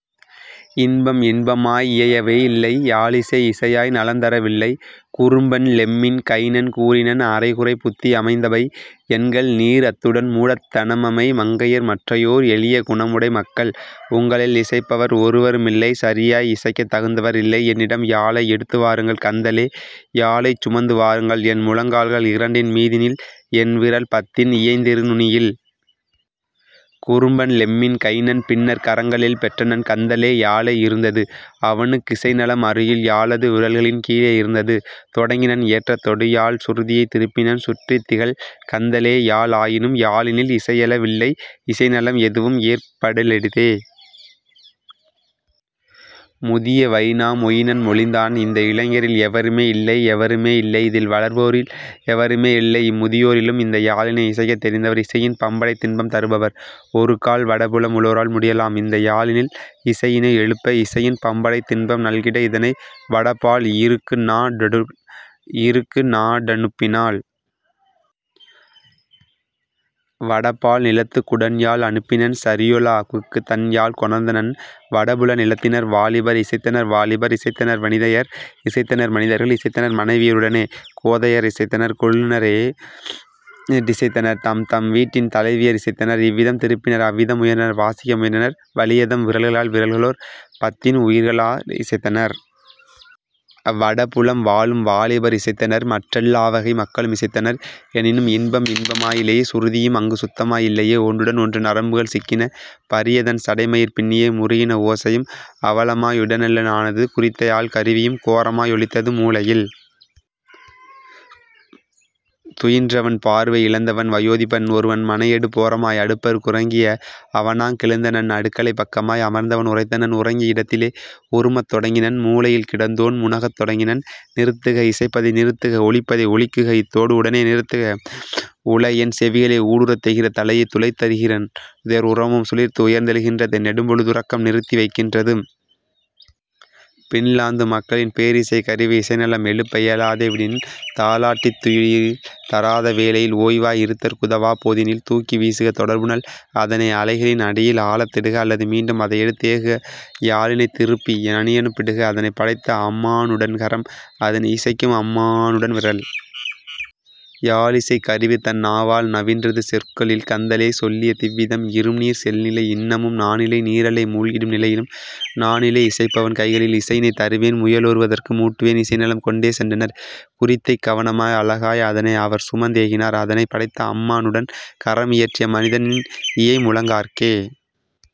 இன்பம் இன்பமாய் இயையவே யில்லை யாழிசை இசையாய் நலம்தர வில்லை. குறும்பன் லெம்மின் கைனன் கூறினன்: "அரைகுறைப் புத்தி யமைந்தபை யன்கள்நீர் அத்துடன் மூடத் தனமமை மங்கையர் மற்றயோர் எளிய குணமுடை மக்கள். உங்களில் இசைப்பவர் ஒருவரு மில்லை சரியாய் இசைக்கத் தகுந்தவர் இல்லை; என்னிடம் யாழை எடுத்துவா ருங்கள் கந்தலே யாழைச் சுமந்துவா ருங்கள் என்முழங் கால்கள் இரண்டின் மீதினில் என்விரல் பத்தின் இயைந்திரு நுனியில்! " குறும்பன் லெம்மின் கைனன் பின்னர் கரங்களில் பெற்றனன் கந்தலே யாழை இருந்தது அவனுக் கிசைநலம் அருகில் யாழது விரல்களின் கீழே இருந்தது; தொடங்கினன் ஏற்றத் தொடுயாழ்ச் சுருதியை திருப்பினன் சுற்றித் திகழ்கந் தலேயாழ் ஆயினும் யாழினில் இசையெழ வில்லை இசைநலம் எதுவும் ஏற்பட் டிலதே. முதிய வைனா மொயினன் மொழிந்தான்: "இந்த இளைஞரில் எவருமே இல்லை எவருமே இல்லை இதில்வளர் வோரில் எவருமே இல்லை இம்முதி யோரிலும் இந்த யாழினை இசைக்கத் தெரிந்தவர் இசையின் பம்படைத் தின்பம் தருபவர்; ஒருக்கால் வடபுலம் உளோரால் முடியலாம் இந்த யாழினில் இசையினை எழுப்ப இசையின் பம்படைத் தின்பம் நல்கிட இதனை வடபால் இருக்குநா டனுப்பினால்? " வடபால் நிலத்துக் குடன்யாழ் அனுப்பினன் சரியொலா வுக்குத் தன்யாழ் கொணர்ந்தனன் வடபுல நிலத்தினர் வாலிபர் இசைத்தனர் வாலிபர் இசைத்தனர் வனிதையர் இசைத்தனர் மனிதர்கள் இசைத்தனர் மனைவிய ருடனே கோதையர் இசைத்தனர் கொழுனரோ டிசைத்தனர் தம்தம் வீட்டின் தலைவியர் இசைத்தனர் இவ்விதம் திருப்பினர் அவ்விதம் முயன்றனர் வாசிக்க முயன்றனர் வலியதம் விரல்களால் விரல்களோர் பத்தின் உகிர்களா லிசைத்தனர். வடபுலம் வாழும் வாலிபர் இசைத்தனர் மற்றெல் லாவகை மக்களும் இசைத்தனர் எனினும் இன்பம் இன்பமா யிலையே சுருதியும் அங்கு சுத்தமா யிலையே: ஒன்றுடன் ஒன்று நரம்புகள் சிக்கின பரியதன் சடைமயிர் பின்னியே முறுகின ஓசையும் அவலமா யுடனெழ லானது குறித்தயாழ்க் கருவியும் கோரமா யொலித்தது. மூலையில் துயின்றனன் பார்வை யிழந்தவன் வயோதிபன் ஒருவன் மனையெடுப் போரமாய் அடுப்பரு குறங்கிய அவனாங் கெழுந்தனன் அடுக்களைப் பக்கமாய் அமர்ந்தவன் உரைத்தனன் உறங்கிய இடத்திலே உறுமத் தொடங்கினன் மூலையில் கிடந்தோன் முனகத் தொடங்கினன்: "நிறுத்துக இசைப்பதை நிறுத்துக ஒலிப்பதை, ஒழிக்குக, இத்தொடு உடனே நிறுத்துக, உளஎன் செவிகளை ஊடறுத் தேகிற தலையைத் துளைத்துத் தருகின் றதுதுயர் உரோமம் சிலிர்த்து உயர்ந்தெழு கின்றது நெடும்பொழு துறக்கம் நிறுத்திவைக் கின்றது. பின்லாந்து மக்களின் பேரிசைக் கருவி இசைநலம் எழுப்ப இயலாதே விடின் தாலாட் டித்துயில் தராத வேளையில் ஓய்வாய் இருத்தற் குதவாப் போதினில் தூக்கி வீசுக தொடர்புனல் அதனை அலைகளின் அடியில் ஆழத் திடுக அல்லது மீண்டும் அதையெடுத் தேகுக யாழினைத் திருப்பி நனியனுப் பிடுக அதனைப் படைத்த அம்மா னுடன்கரம் அதனை இசைக்கும் அம்மா னுடன்விரல். " யாழிசைக் கருவிதன் நாவால் நவின்றது சொற்களில் கந்தலே சொல்லிய திவ்விதம்: "இரும்நீர் செல்நிலை இன்னமும் நானிலை நீரலை மூழ்கிடும் நிலையிலும் நானிலை இசைப்பவன் கைகளில் இசையினைத் தருவேன் முயலொரு வற்கு மூட்டுவேன் இசைநலம். " கொண்டே சென்றனர் குறித்ததைக் கவனமாய் அழகாய் அதனை அவர்சுமந் தேகினர் அதனைப் படைத்த அம்மா னுடன்கரம் இயற்றிய மனிதனின் இயைமுழங் காற்கே.